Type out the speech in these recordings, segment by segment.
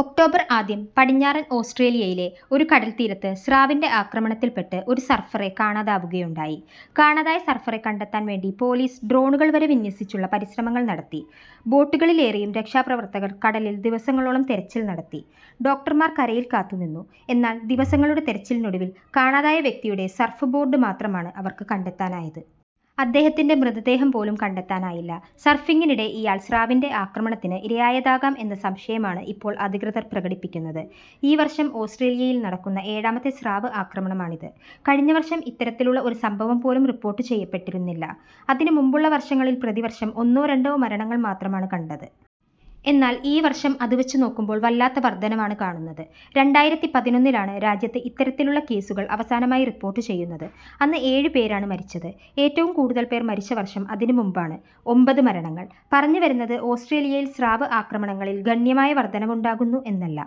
October ആദ്യം പടിഞ്ഞാറൻ ഓസ്ട്രേലിയയിലെ ഒരു കടൽത്തീരത്ത് സ്രാവിൻ്റെ ആക്രമണത്തിൽപ്പെട്ട് ഒരു സർഫറെ കാണാതാവുകയുണ്ടായി. കാണാതായ സർഫറെ കണ്ടെത്താൻ വേണ്ടി പൊലീസ് ഡ്രോണുകൾ വരെ വിന്യസിച്ചുള്ള പരിശ്രമങ്ങൾ നടത്തി. ബോട്ടുകളിലേറിയും രക്ഷാപ്രവർത്തകർ കടലിൽ ദിവസങ്ങളോളം തെരച്ചിൽ നടത്തി. ഡോക്ടർമാർ കരയിൽ കാത്തുനിന്നു. എന്നാൽ ദിവസങ്ങളുടെ തെരച്ചിലിനൊടുവിൽ കാണാതായ വ്യക്തിയുടെ സർഫ്ബോർഡ് മാത്രമാണ് അവർക്ക് കണ്ടെത്താനായത്. അദ്ദേഹത്തിൻ്റെ മൃതദേഹം പോലും കണ്ടെത്താനായില്ല. സർഫിങ്ങിനിടെ ഇയാൾ സ്രാവിൻ്റെ ആക്രമണത്തിന് ഇരയായതാകാം എന്ന സംശയമാണ് ഇപ്പോൾ അധികൃതർ പ്രകടിപ്പിക്കുന്നത്.ഈ വർഷം ഓസ്ട്രേലിയയിൽ നടക്കുന്ന ഏഴാമത്തെ സ്രാവ് ആക്രമണമാണിത്. കഴിഞ്ഞ വർഷം ഇത്തരത്തിലുള്ള ഒരു സംഭവം പോലും റിപ്പോർട്ട് ചെയ്യപ്പെട്ടിരുന്നില്ല. അതിനുമുമ്പുള്ള വർഷങ്ങളിൽ പ്രതിവർഷം ഒന്നോ രണ്ടോ മരണങ്ങൾ മാത്രമാണ് കണ്ടത്. എന്നാൽ ഈ വർഷം അതുവച്ച് നോക്കുമ്പോൾ വല്ലാത്ത വർധനവാണ് കാണുന്നത്. രണ്ടായിരത്തി പതിനൊന്നിലാണ് രാജ്യത്ത് ഇത്തരത്തിലുള്ള കേസുകൾ അവസാനമായി റിപ്പോർട്ട് ചെയ്യുന്നത്. അന്ന് ഏഴ് പേരാണ് മരിച്ചത്. ഏറ്റവും കൂടുതൽ പേർ മരിച്ച വർഷം അതിനു മുമ്പാണ്. ഒമ്പത് മരണങ്ങൾ. പറഞ്ഞുവരുന്നത് ഓസ്ട്രേലിയയിൽ സ്രാവ് ആക്രമണങ്ങളിൽ ഗണ്യമായ വർധനവുണ്ടാകുന്നു എന്നല്ല.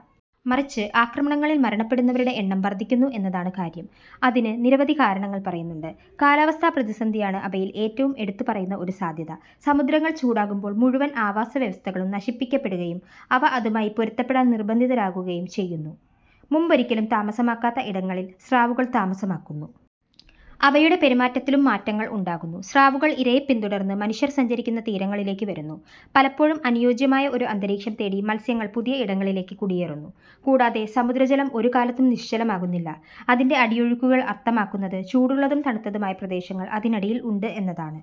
മറിച്ച് ആക്രമണങ്ങളിൽ മരണപ്പെടുന്നവരുടെ എണ്ണം വർധിക്കുന്നു എന്നതാണ് കാര്യം. അതിന് നിരവധി കാരണങ്ങൾ പറയുന്നുണ്ട്. കാലാവസ്ഥാ പ്രതിസന്ധിയാണ് അവയിൽ ഏറ്റവും എടുത്തുപറയുന്ന ഒരു സാധ്യത. സമുദ്രങ്ങൾ ചൂടാകുമ്പോൾ മുഴുവൻ ആവാസവ്യവസ്ഥകളും നശിപ്പിക്കപ്പെടുകയും അവ അതുമായി പൊരുത്തപ്പെടാൻ നിർബന്ധിതരാകുകയും ചെയ്യുന്നു. മുമ്പൊരിക്കലും താമസമാക്കാത്ത ഇടങ്ങളിൽ സ്രാവുകൾ താമസമാക്കുന്നു. അവയുടെ പെരുമാറ്റത്തിലും മാറ്റങ്ങൾ ഉണ്ടാകുന്നു. സ്രാവുകൾ ഇരയെ പിന്തുടർന്ന് മനുഷ്യർ സഞ്ചരിക്കുന്ന തീരങ്ങളിലേക്ക് വരുന്നു. പലപ്പോഴും അനുയോജ്യമായ ഒരു അന്തരീക്ഷം തേടി മത്സ്യങ്ങൾ പുതിയ ഇടങ്ങളിലേക്ക് കുടിയേറുന്നു. കൂടാതെ സമുദ്രജലം ഒരു കാലത്തും നിശ്ചലമാകുന്നില്ല. അതിൻ്റെ അടിയൊഴുക്കുകൾ അർത്ഥമാക്കുന്നത് ചൂടുള്ളതും തണുത്തതുമായ പ്രദേശങ്ങൾ അതിനിടയിൽ ഉണ്ട് എന്നതാണ്.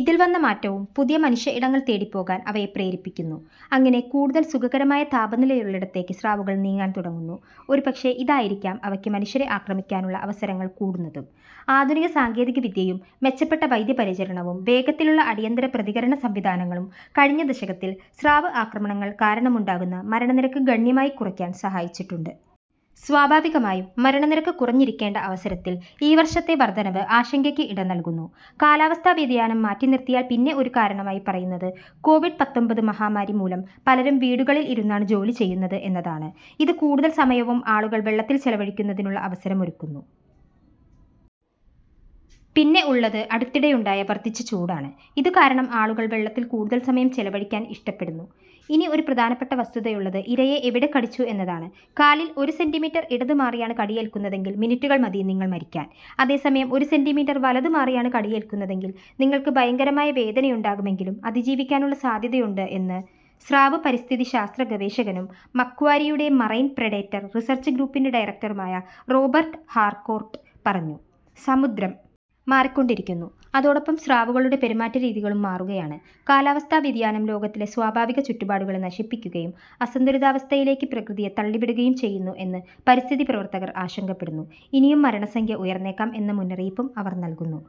ഇതിൽ വന്ന മാറ്റവും പുതിയ മനുഷ്യ ഇടങ്ങൾ തേടിപ്പോകാൻ അവയെ പ്രേരിപ്പിക്കുന്നു. അങ്ങനെ കൂടുതൽ സുഖകരമായ താപനിലയുള്ളിടത്തേക്ക് സ്രാവുകൾ നീങ്ങാൻ തുടങ്ങുന്നു. ഒരുപക്ഷേ ഇതായിരിക്കാം അവയ്ക്ക് മനുഷ്യരെ ആക്രമിക്കാനുള്ള അവസരങ്ങൾ കൂടുന്നതും. ആധുനിക സാങ്കേതികവിദ്യയും മെച്ചപ്പെട്ട വൈദ്യപരിചരണവും വേഗത്തിലുള്ള അടിയന്തര പ്രതികരണ സംവിധാനങ്ങളും കഴിഞ്ഞ ദശകത്തിൽ സ്രാവ് ആക്രമണങ്ങൾ കാരണമുണ്ടാകുന്ന മരണനിരക്ക് ഗണ്യമായി കുറയ്ക്കാൻ സഹായിച്ചിട്ടുണ്ട്. സ്വാഭാവികമായും മരണനിരക്ക് കുറഞ്ഞിരിക്കേണ്ട അവസരത്തിൽ ഈ വർഷത്തെ വർധനവ് ആശങ്കയ്ക്ക് ഇട നൽകുന്നു. കാലാവസ്ഥാ വ്യതിയാനം മാറ്റിനിർത്തിയാൽ പിന്നെ ഒരു കാരണമായി പറയുന്നത് കോവിഡ് പത്തൊമ്പത് മഹാമാരി മൂലം പലരും വീടുകളിൽ ഇരുന്നാണ് ജോലി ചെയ്യുന്നത് എന്നതാണ്. ഇത് കൂടുതൽ സമയവും ആളുകൾ വെള്ളത്തിൽ ചെലവഴിക്കുന്നതിനുള്ള അവസരമൊരുക്കുന്നു. പിന്നെ ഉള്ളത് അടുത്തിടെയുണ്ടായ വർധിച്ച ചൂടാണ്. ഇതുകാരണം ആളുകൾ വെള്ളത്തിൽ കൂടുതൽ സമയം ചെലവഴിക്കാൻ ഇഷ്ടപ്പെടുന്നു. ഇനി ഒരു പ്രധാനപ്പെട്ട വസ്തുതയുള്ളത് ഇരയെ എവിടെ കടിച്ചു എന്നതാണ്. കാലിൽ ഒരു സെന്റിമീറ്റർ ഇടതുമാറിയാണ് കടിയേൽക്കുന്നതെങ്കിൽ മിനിറ്റുകൾ മതി നിങ്ങൾ മരിക്കാൻ. അതേസമയം ഒരു സെന്റിമീറ്റർ വലതുമാറിയാണ് കടിയേൽക്കുന്നതെങ്കിൽ നിങ്ങൾക്ക് ഭയങ്കരമായ വേദനയുണ്ടാകുമെങ്കിലും അതിജീവിക്കാനുള്ള സാധ്യതയുണ്ട് എന്ന് സ്രാവ് പരിസ്ഥിതിശാസ്ത്ര ഗവേഷകനും മക്വാരിയുടെ മറൈൻ പ്രെഡേറ്റർ റിസർച്ച് ഗ്രൂപ്പിൻ്റെ ഡയറക്ടറുമായ റോബർട്ട് ഹാർകോർട്ട് പറഞ്ഞു. സമുദ്രം മാറിക്കൊണ്ടിരിക്കുന്നു. അതോടൊപ്പം സ്രാവുകളുടെ പെരുമാറ്റരീതികളും മാറുകയാണ്. കാലാവസ്ഥാ വ്യതിയാനം ലോകത്തിലെ സ്വാഭാവിക ചുറ്റുപാടുകളെ നശിപ്പിക്കുകയും അസന്തുലിതാവസ്ഥയിലേക്ക് പ്രകൃതിയെ തള്ളിവിടുകയും ചെയ്യുന്നു എന്ന് പരിസ്ഥിതി പ്രവർത്തകർ ആശങ്കപ്പെടുന്നു. ഇനിയും മരണസംഖ്യ ഉയർന്നേക്കാം എന്ന മുന്നറിയിപ്പും അവർ നൽകുന്നു.